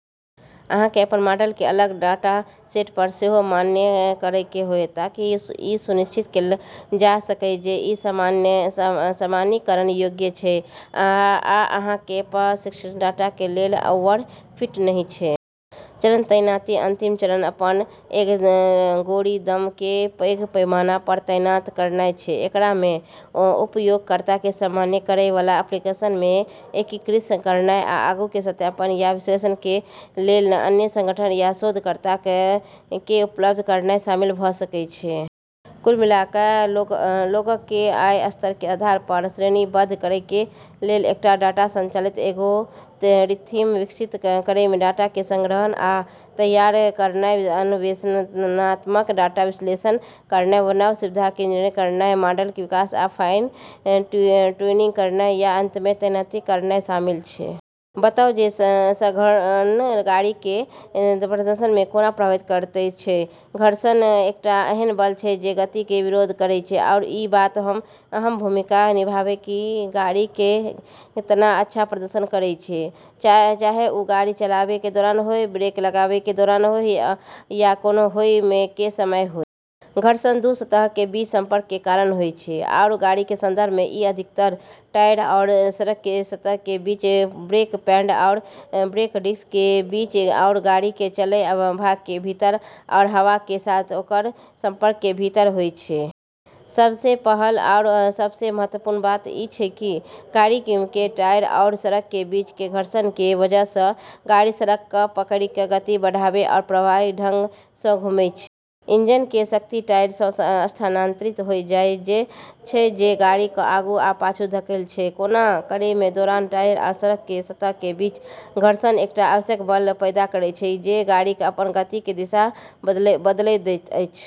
अहां कें अपन मॉडल कें अलग डाटासेट पर सेहो मान्य करय कें होयत ताकि इ सुनिश्चित कैल जा सकय कि इ सामान्यीकरण योग्य छै आ अहां कें प्रशिक्षण डाटा कें लेल ओवरफिट नहि छै. चरण: तैनाती अंतिम चरण अपन एल्गोरिदम कें पैघ पैमाना पर तैनात करनाय छै. एकरा मे उपयोगकर्ता कें सामना करय वाला एप्लीकेशन मे एकीकृत करनाय या आगू कें सत्यापन या विश्लेषण कें लेल अन्य संगठनक या शोधकर्ताक कें उपलब्ध करनाय शामिल भ सकय छै. कुल मिलाकय, लोगक कें आय स्तर कें आधार पर श्रेणीबद्ध करय कें लेल एकटा डाटा संचालित एल्गोरिथ्म विकसित करय मे डाटा कें संग्रहण आ तैयार करनाय, अन्वेषणात्मक डाटा विश्लेषण करनाय, नव सुविधाक कें इंजीनियरिंग करनाय, मॉडल कें विकास आ फाइन ट्यूनिंग करनाय, आ अंत मे तैनाती करनाय शामिल छै। बताउ जे घर्षण गाड़ी कें प्रदर्शन कें कोना प्रभावित करएयत छै. घर्षण एकटा एहन बल छै जे गति के विरोध करै छै आरू ई बात म॑ अहम भूमिका निभाबै छै कि गाड़ी केतना अच्छा प्रदर्शन करै छै, चाहे वू गाड़ी चलाबै के दौरान होय, ब्रेक लगाबै के दौरान होय या कोना होय के समय होय। घर्षण दू सतह के बीच संपर्क के कारण होय छै, आरू गाड़ी के संदर्भ में ई अधिकतर टायर आरू सड़क के सतह के बीच, ब्रेक पैड आरू ब्रेक डिस्क के बीच, आरू गाड़ी के चलतऽ भाग के भीतर आरू हवा के साथ ओकरऽ संपर्क के भीतर होय छै. सबसें पहलऽ आरू सबसें महत्वपूर्ण बात ई छै कि गाड़ी के टायर आरू सड़क के बीच के घर्षण के वजह स॑ गाड़ी सड़क क॑ पकड़ी क॑ गति बढ़ाबै आरू प्रभावी ढंग स॑ घूमै छै। इंजन केरऽ शक्ति टायरऽ म॑ स्थानांतरित होय जाय छै, जे गाड़ी क॑ आगू या पाछू धकेल॑ छै। कोना करय के दौरान टायर आ सड़क के सतह के बीच घर्षण एकटा आवश्यक बल पैदा करैत अछि जे गाड़ी के अपन गति के दिशा बदलय दैत अछि.